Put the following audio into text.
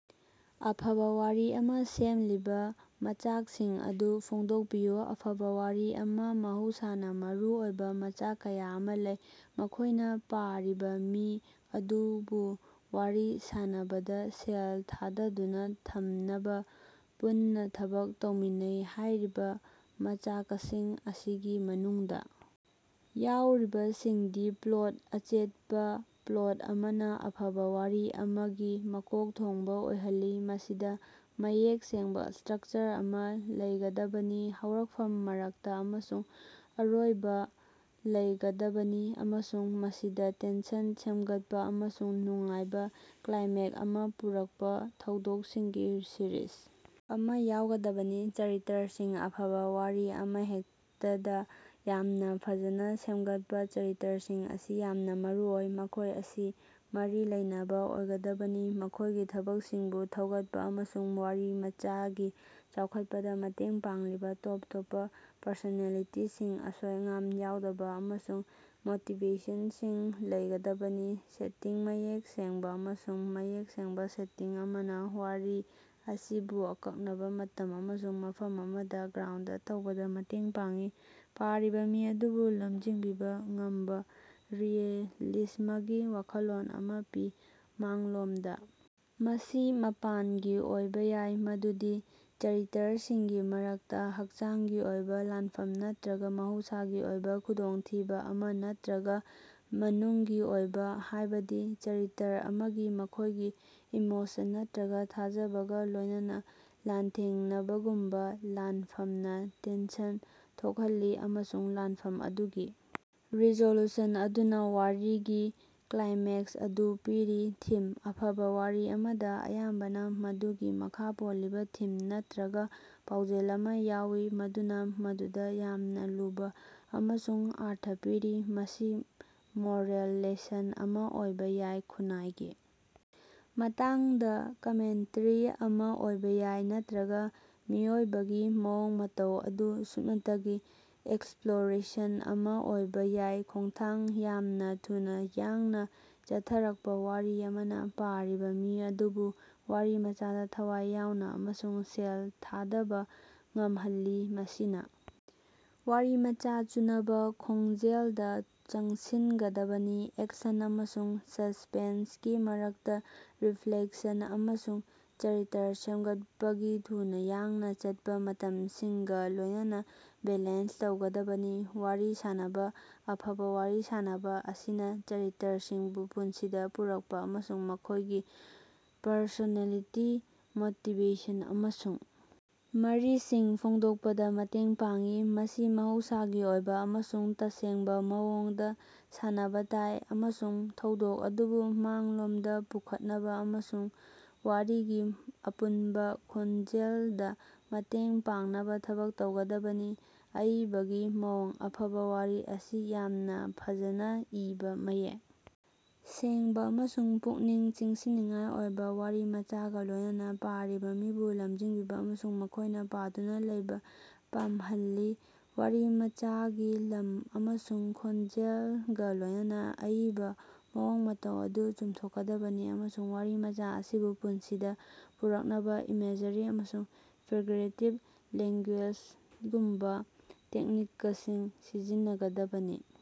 ꯑꯐꯕꯥ ꯋꯥꯔꯤ ꯑꯃꯥ ꯁꯦꯝꯂꯤꯕꯥ ꯃꯆꯥꯛꯁꯤꯡ ꯑꯗꯨ ꯐꯣꯡꯗꯣꯛꯄꯤꯌꯨ꯫ ꯑꯐꯕꯥ ꯋꯥꯔꯤ ꯑꯃꯗꯥ ꯃꯍꯧꯁꯥꯅꯥ ꯃꯔꯨ ꯑꯣꯏꯕꯥ ꯃꯆꯥꯛ ꯀꯌꯥ ꯑꯃꯥ ꯂꯩ꯫ ꯃꯈꯣꯏꯅꯥ ꯄꯥꯔꯤꯕꯥ ꯃꯤ ꯑꯗꯨꯕꯨ ꯋꯥꯔꯤ ꯁꯥꯟꯅꯕꯗꯥ ꯁꯦꯜ ꯊꯥꯗꯗꯨꯅꯥ ꯊꯝꯅꯕꯥ ꯄꯨꯟꯅꯥ ꯊꯕꯛ ꯇꯧꯃꯤꯟꯅꯩ꯫ ꯍꯥꯏꯔꯤꯕꯥ ꯃꯆꯥꯀꯁꯤꯡ ꯑꯁꯤꯒꯤ ꯃꯅꯨꯡꯗꯥ ꯌꯥꯎꯔꯤꯕꯁꯤꯡꯗꯤ: ꯄ꯭ꯂꯣꯠ: ꯑꯆꯦꯠꯄꯥ ꯄ꯭ꯂꯣꯠ ꯑꯃꯅꯥ ꯑꯐꯕꯥ ꯋꯥꯔꯤ ꯑꯃꯒꯤ ꯃꯀꯣꯛ ꯊꯣꯡꯕꯥ ꯑꯣꯏꯍꯜꯂꯤ꯫ ꯃꯁꯤꯗꯥ ꯃꯌꯦꯛ ꯁꯦꯡꯕꯥ ꯁ꯭ꯇꯔꯛꯆꯔ ꯑꯃꯥ ꯂꯩꯒꯗꯕꯅꯤ꯫ ꯍꯧꯔꯛꯐꯝ ꯃꯔꯛꯇꯥ ꯑꯃꯁꯨꯡ ꯑꯔꯣꯏꯕꯥ ꯂꯩꯒꯗꯕꯅꯤ꯫ ꯑꯃꯁꯨꯡ ꯃꯁꯤꯗꯥ ꯇꯦꯟꯁꯟ ꯁꯦꯝꯒꯠꯄꯥ ꯑꯃꯁꯨꯡ ꯅꯨꯡꯉꯥꯏꯕꯥ ꯀ꯭ꯂꯥꯏꯃꯦꯛꯁ ꯑꯃꯥ ꯄꯨꯔꯛꯄꯥ ꯊꯧꯗꯣꯛꯁꯤꯡꯒꯤ ꯁꯤꯔꯤꯖ ꯑꯃꯥ ꯌꯥꯎꯒꯗꯕꯅꯤ꯫ ꯆꯔꯤꯇ꯭ꯔꯁꯤꯡ: ꯑꯐꯕꯥ ꯋꯥꯔꯤ ꯑꯃꯍꯦꯛꯇꯗꯥ ꯌꯥꯝꯅꯥ ꯐꯖꯅꯥ ꯁꯦꯝꯒꯠꯄꯥ ꯆꯔꯤꯇ꯭ꯔꯁꯤꯡ ꯑꯁꯤ ꯌꯥꯝꯅꯥ ꯃꯔꯨ ꯑꯣꯏ꯫ ꯃꯈꯣꯏ ꯑꯁꯤ ꯃꯔꯤ ꯂꯩꯅꯕꯥ ꯑꯣꯏꯒꯗꯕꯅꯤ꯫ ꯃꯈꯣꯏꯒꯤ ꯊꯕꯛꯁꯤꯡꯕꯨ ꯊꯧꯒꯠꯄꯥ ꯑꯃꯁꯨꯡ ꯋꯥꯔꯤꯃꯆꯥꯒꯤ ꯆꯥꯎꯈꯠꯄꯗꯥ ꯃꯇꯦꯡ ꯄꯥꯡꯂꯤꯕꯥ ꯇꯣꯞ ꯇꯣꯞꯄꯥ ꯄꯔꯁꯣꯅꯦꯂꯤꯇꯤꯁꯤꯡ, ꯑꯁꯣꯏ-ꯑꯉꯥꯝ ꯌꯥꯎꯗꯕꯥ ꯑꯃꯁꯨꯡ ꯃꯣꯇꯤꯕꯦꯁꯟꯁꯤꯡ ꯂꯩꯒꯗꯕꯅꯤ꯫ ꯁꯦꯇꯤꯡ: ꯃꯌꯦꯛ ꯁꯦꯡꯕꯥ ꯑꯃꯁꯨꯡ ꯃꯌꯦꯛ ꯁꯦꯡꯕꯥ ꯁꯦꯇꯤꯡ ꯑꯃꯅꯥ ꯋꯥꯔꯤ ꯑꯁꯤꯕꯨ ꯑꯀꯛꯅꯕꯥ ꯃꯇꯝ ꯑꯃꯁꯨꯡ ꯃꯐꯝ ꯑꯃꯗꯥ ꯒ꯭ꯔꯥꯎꯟꯗ ꯇꯧꯕꯗꯥ ꯃꯇꯦꯡ ꯄꯥꯡꯏ꯫ ꯄꯥꯔꯤꯕꯥ ꯃꯤ ꯑꯗꯨꯕꯨ ꯂꯝꯖꯤꯡꯕꯤꯕꯥ ꯉꯝꯕꯥ ꯔꯤꯑꯦꯂꯤꯖꯃꯒꯤ ꯋꯥꯈꯜꯂꯣꯟ ꯑꯃꯥ ꯄꯤ꯫ ꯃꯥꯡꯂꯣꯝꯗ. ꯃꯁꯤ ꯃꯄꯥꯟꯒꯤ ꯑꯣꯏꯕꯥ ꯌꯥꯏ, ꯃꯗꯨꯗꯤ ꯆꯔꯤꯇ꯭ꯔꯁꯤꯡꯒꯤ ꯃꯔꯛꯇꯥ ꯍꯛꯆꯥꯡꯒꯤ ꯑꯣꯏꯕꯥ ꯂꯥꯟꯐꯝ ꯅꯠꯇ꯭ꯔꯒꯥ ꯃꯍꯧꯁꯥꯒꯤ ꯑꯣꯏꯕꯥ ꯈꯨꯗꯣꯡꯊꯤꯕꯥ ꯑꯃꯥ ꯅꯠꯇ꯭ꯔꯒꯥ ꯃꯅꯨꯡꯒꯤ ꯑꯣꯏꯕꯥ, ꯍꯥꯏꯕꯗꯤ ꯆꯔꯤꯇ꯭ꯔ ꯑꯃꯅꯥ ꯃꯈꯣꯏꯒꯤ ꯏꯃꯣꯁꯟ ꯅꯠꯇ꯭ꯔꯒꯥ ꯊꯥꯖꯕꯒꯥ ꯂꯣꯏꯅꯅꯥ ꯂꯥꯟꯊꯦꯡꯅꯕꯒꯨꯝꯕꯥ ꯂꯥꯟꯐꯝꯅꯥ ꯇꯦꯟꯁꯟ ꯊꯣꯛꯍꯜꯂꯤ꯫ ꯑꯃꯁꯨꯡ ꯂꯥꯟꯐꯝ ꯑꯗꯨꯒꯤ ꯔꯤꯖꯣꯂꯨꯁꯟ ꯑꯗꯨꯅꯥ ꯋꯥꯔꯤꯒꯤ ꯀ꯭ꯂꯥꯏꯃꯦꯛꯁ ꯑꯗꯨ ꯄꯤꯔꯤ꯫ ꯊꯤꯝ: ꯑꯐꯕꯥ ꯋꯥꯔꯤ ꯑꯃꯗꯥ ꯑꯌꯥꯝꯕꯅꯥ ꯃꯗꯨꯒꯤ ꯃꯈꯥ ꯄꯣꯜꯂꯤꯕꯥ ꯊꯤꯝ ꯅꯠꯇ꯭ꯔꯒꯥ ꯄꯥꯎꯖꯦꯜ ꯑꯃꯥ ꯌꯥꯎꯏ ꯃꯗꯨꯅꯥ ꯃꯗꯨꯗꯥ ꯌꯥꯝꯅꯥ ꯂꯨꯕꯥ ꯑꯃꯁꯨꯡ ꯑꯔꯊ ꯄꯤꯔꯤ꯫ ꯃꯁꯤ ꯃꯣꯔꯦꯜ ꯂꯦꯁꯟ ꯑꯃꯥ ꯑꯣꯏꯕꯥ ꯌꯥꯏ ꯈꯨꯟꯅꯥꯏꯒꯤ ꯃꯇꯥꯡꯗꯥ ꯀꯃꯦꯟꯇꯔꯤ ꯑꯃꯥ ꯑꯣꯏꯕꯥ ꯌꯥꯏ ꯅꯠꯇ꯭ꯔꯒꯥ ꯃꯤꯑꯣꯏꯕꯒꯤ ꯃꯑꯣꯡ ꯃꯇꯧ ꯑꯗꯨ ꯁꯨꯞꯅꯇꯒꯤ ꯑꯦꯛꯁꯞꯂꯣꯔꯦꯁꯟ ꯑꯃꯥ ꯑꯣꯏꯕꯥ ꯌꯥꯏ꯫ ꯈꯣꯡꯊꯥꯡ: ꯌꯥꯝꯅꯥ ꯊꯨꯅꯥ ꯌꯥꯡꯅꯥ ꯆꯠꯊꯔꯀꯄꯥ ꯋꯥꯔꯤ ꯑꯃꯅꯥ ꯄꯥꯔꯤꯕꯥ ꯃꯤ ꯑꯗꯨꯕꯨ ꯋꯥꯔꯤꯃꯆꯥꯗꯥ ꯊꯋꯥꯏ ꯌꯥꯎꯅꯥ ꯑꯃꯁꯨꯡ ꯁꯦꯜ ꯊꯥꯗꯕꯥ ꯉꯝꯍꯜꯂꯤ꯫ ꯃꯁꯤꯅꯥ ꯋꯥꯔꯤꯃꯆꯥꯒꯥ ꯆꯨꯅꯕꯥ ꯈꯣꯡꯖꯦꯜꯗꯥ ꯆꯪꯁꯤꯟꯒꯗꯕꯅꯤ꯫ ꯑꯦꯛꯁꯟ ꯑꯃꯁꯨꯡ ꯁꯁ꯭ꯄꯦꯟꯁꯀꯤ ꯃꯔꯛꯇꯥ ꯔꯤꯐ꯭ꯂꯦꯛꯁꯟ ꯑꯃꯁꯨꯡ ꯆꯔꯤꯇ꯭ꯔ ꯁꯦꯝꯒꯠꯄꯒꯤ ꯊꯨꯅꯥ ꯌꯥꯡꯅꯥ ꯆꯠꯄꯥ ꯃꯇꯝꯁꯤꯡꯒꯥ ꯂꯣꯏꯅꯅꯥ ꯕꯦꯂꯦꯟꯁ ꯇꯧꯒꯗꯕꯅꯤ꯫ ꯋꯥꯔꯤ ꯁꯥꯅꯕꯥ: ꯑꯐꯕꯥ ꯋꯥꯔꯤ ꯁꯥꯅꯕꯥ ꯑꯁꯤꯅꯥ ꯆꯔꯤꯇ꯭ꯔꯁꯤꯡꯕꯨ ꯄꯨꯟꯁꯤꯗꯥ ꯄꯨꯔꯛꯄꯥ ꯑꯃꯁꯨꯡ ꯃꯈꯣꯏꯒꯤ ꯄꯔꯁꯣꯅꯦꯂꯤꯇꯤ, ꯃꯣꯇꯤꯕꯦꯁꯟ, ꯑꯃꯁꯨꯡ ꯃꯔꯤꯁꯤꯡ ꯐꯣꯡꯗꯣꯛꯄꯗꯥ ꯃꯇꯦꯡ ꯄꯥꯡꯏ꯫ ꯃꯁꯤ ꯃꯍꯧꯁꯥꯒꯤ ꯑꯣꯏꯕꯥ ꯑꯃꯁꯨꯡ ꯇꯁꯦꯡꯕꯥ ꯃꯑꯣꯡꯗꯥ ꯁꯥꯅꯕꯥ ꯇꯥꯏ꯫ꯑꯃꯁꯨꯡ ꯊꯧꯗꯣꯛ ꯑꯗꯨꯕꯨ ꯃꯥꯡꯂꯣꯝꯗꯥ ꯄꯨꯈꯠꯅꯕꯥ ꯑꯃꯁꯨꯡ ꯋꯥꯔꯤꯒꯤ ꯑꯄꯨꯟꯕꯥ ꯈꯣꯟꯖꯦꯜꯗꯥ ꯃꯇꯦꯡ ꯄꯥꯡꯅꯕꯥ ꯊꯕꯛ ꯇꯧꯒꯗꯕꯅꯤ꯫ ꯑꯏꯕꯒꯤ ꯃꯑꯣꯡ: ꯑꯐꯕꯥ ꯋꯥꯔꯤ ꯑꯁꯤ ꯌꯥꯝꯅꯥ ꯐꯖꯅꯥ ꯏꯕꯥ, ꯃꯌꯦꯛ ꯁꯦꯡꯕꯥ ꯑꯃꯁꯨꯡ ꯄꯨꯛꯅꯤꯡ ꯆꯤꯡꯁꯤꯟꯅꯤꯡꯉꯥꯏ ꯑꯣꯏꯕꯥ ꯋꯥꯔꯤꯃꯆꯥꯒꯥ ꯂꯣꯏꯅꯅꯥ ꯄꯥꯔꯤꯕꯥ ꯃꯤꯕꯨ ꯂꯃꯖꯤꯡꯕꯤꯕꯥ ꯑꯃꯁꯨꯡ ꯃꯈꯣꯏꯅꯥ ꯄꯥꯗꯨꯅꯥ ꯂꯩꯕꯥ ꯄꯥꯝꯍꯜꯂꯤ꯫ ꯋꯥꯔꯤꯃꯆꯥꯒꯤ ꯂꯝ ꯑꯃꯁꯨꯡ ꯈꯣꯟꯖꯦꯜꯒꯥ ꯂꯣꯏꯅꯅꯥ ꯑꯏꯕꯥ ꯃꯑꯣꯡ ꯃꯇꯧ ꯑꯗꯨ ꯆꯨꯝꯊꯣꯛꯀꯗꯕꯅꯤ꯫ ꯑꯃꯁꯨꯡ ꯋꯥꯔꯤꯃꯆꯥ ꯑꯁꯤꯕꯨ ꯄꯨꯟꯁꯤꯗꯥ ꯄꯨꯔꯛꯅꯕꯥ ꯏꯃꯦꯖꯔꯤ ꯑꯃꯁꯨꯡ ꯐꯤꯒꯔꯦꯇꯤꯕ ꯂꯦꯉ꯭ꯒꯨꯌꯦꯖꯒꯨꯝꯕꯥ ꯇꯦꯛꯅꯤꯀꯁꯤꯡ ꯁꯤꯖꯤꯟꯅꯒꯗꯕꯅꯤ꯫